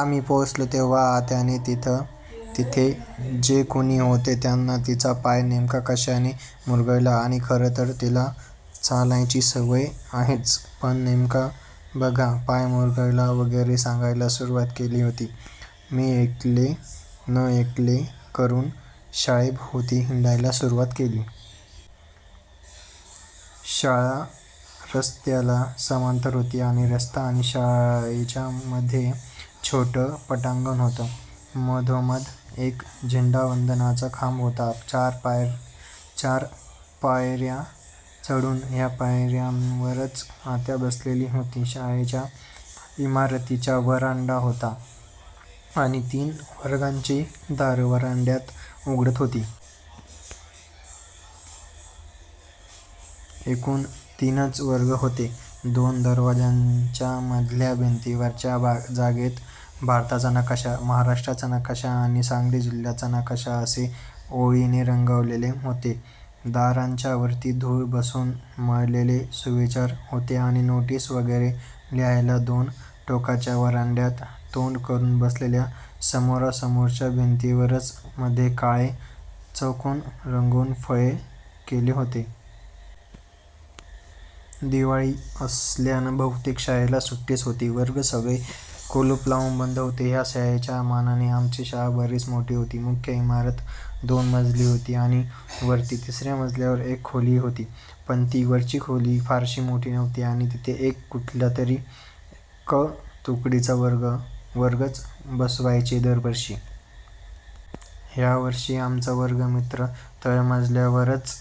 आम्ही पोचलो तेव्हा आत्याने तिथे जे कुणी होते त्यांना तिचा पाय नेमका कशाने मुरगळला आणि खरं तर तिला चालायची सवय आहेच पण नेमका बघा पाय मुरगळला वगैरे सांगायला सुरुवात केली होती. मी ऐकले न ऐकले करुन शाळेभोवती हिंडायला सुरुवात केली. शाळा रस्त्याला समांतर होती आणि रस्ता आणि शाळेच्यामध्ये छोटं पटांगण होतं. मधोमध एक झेंडावंदनाचा खांब होता. चार पायर्या चढून ह्या पायर्यांवरच आत्या बसलेली होती शाळेच्या इमारतीचा व्हरांडा होता आणि तीन वर्गांची दारं व्हरांड्यात उघडत होती. एकूण तीनच वर्ग होते. दोन दरवाजांच्या मधल्या भिंतीवरच्या जागेत भारताचा नकाशा, महाराष्ट्राचा नकाशा आणि सांगली जिल्ह्याचा नकाशा असे ओळीने रंगवलेले होते. दारांच्यावरती धूळ बसून मळलेले सुविचार होते आणि नोटीस वगैरे लिहायला दोन टोकाच्या व्हरांड्यात तोंड करुन असलेल्या समोरासमोरच्या भिंतींवरच मधे काळे चौकोन रंगवून फळे केले होते. दिवाळी असल्यानं बहुतेक शाळेला सुट्टीच होती. वर्ग सगळे कुलुपं लावून बंद होते. ह्या शाळेच्या मानाने आमची शाळा बरीच मोठी होती. मुख्य इमारत दोन मजली होती आणि वरती तिसर्या मजल्यावर एक खोली होती. पण ती वरची खोली फारशी मोठी नव्हती आणि तिथे एक कुठलातरी क तुकडीचा वर्गच बसवायचे दर वर्षी. ह्यावर्षी आमचा वर्ग मात्र तळ मजल्यावारच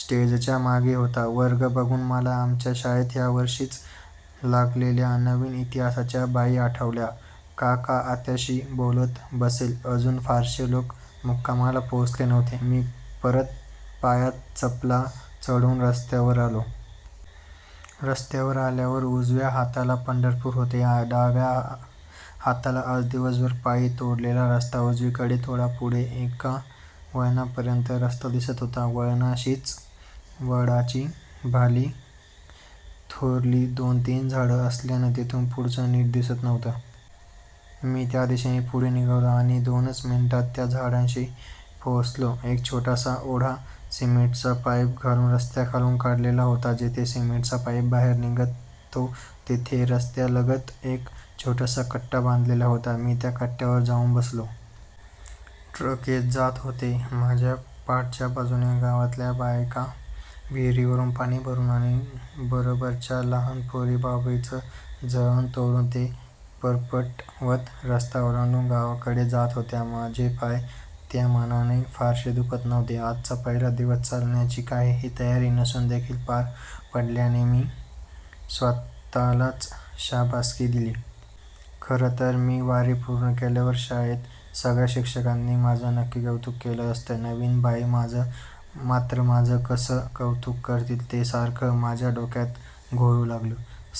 स्टेजच्या मागे होता. वर्ग बघून मला आमच्या शाळेत ह्यावर्षीच लागलेल्या नवीन इतिहासाच्या बाई आठवल्या. काका आत्याशी बोलत बसले. अजून फारशे लोक मुक्कामाला पोचले नव्ह्ते. मी परत पायात चपला चढवून रस्त्यावर आलो. रस्त्यावर आल्यावर उजव्या हाताला पंढरपूर होते. डाव्या हाताला आज दिवसभर पायी तोडलेला रस्ता. उजवीकडे थोडा पुढे एका वळणापर्यंत रस्ता दिसत होता. वळणाशीच वडाची भली थोरली दोन-तीन झाडं असल्यानं तिथून पुढचं नीट दिसत नव्हतं. मी त्या दिशेने पुढे निघालो आणि दोनच मिनिटात त्या झाडांशी पोचलो. एक छोटासा ओढा सिमेंटचा पाईप घालून रस्त्याखालून काढलेला होता. जिथे सिमेंटचा पाईप बाहेर निघतो तिथे रस्त्यालगत एक छोटासा कट्टा बांधलेला होता. मी त्या कट्ट्यावर जाउन बसलो. ट्रक येत जात होते. माझ्या पाठच्या बाजूने गावातल्या बायका विहीरवरुन पाणी भरुन आणि बरोबरच्या लहान पोरी बाभळीचं जळण तोडून ते फरपटवत रस्ता ओलांडून गावाकडे जात होत्या. माझे पाय त्यामानाने फारशे दुखत नव्हते. आजचा पहिला दिवस चालण्याची काहीही तयारी नसून देखील पार पडल्याने मी स्वत:लाच शाबासकी दिली. खरं तर मी वारी पूर्ण केल्यावर शाळेत सगळ्या शिक्षकांनी माझं नक्की कौतुक केलं असतं. नवीन बाई मात्र माझं कसं कौतुक करतील ते सारखं माझ्या डोक्यात घोळू लागलं.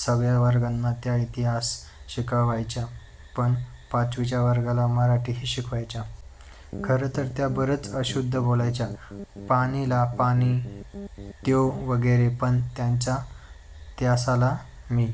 सगळ्या वर्गांना त्या इतिहास शिकवायच्या. पण पाचवीच्या वर्गाला मराठीही शिकवायच्या. खरं तर त्या बरच अशुद्ध बोलायच्या. पाणीला पानी, त्यो वगैरे. पण त्यांच्या तासाला मी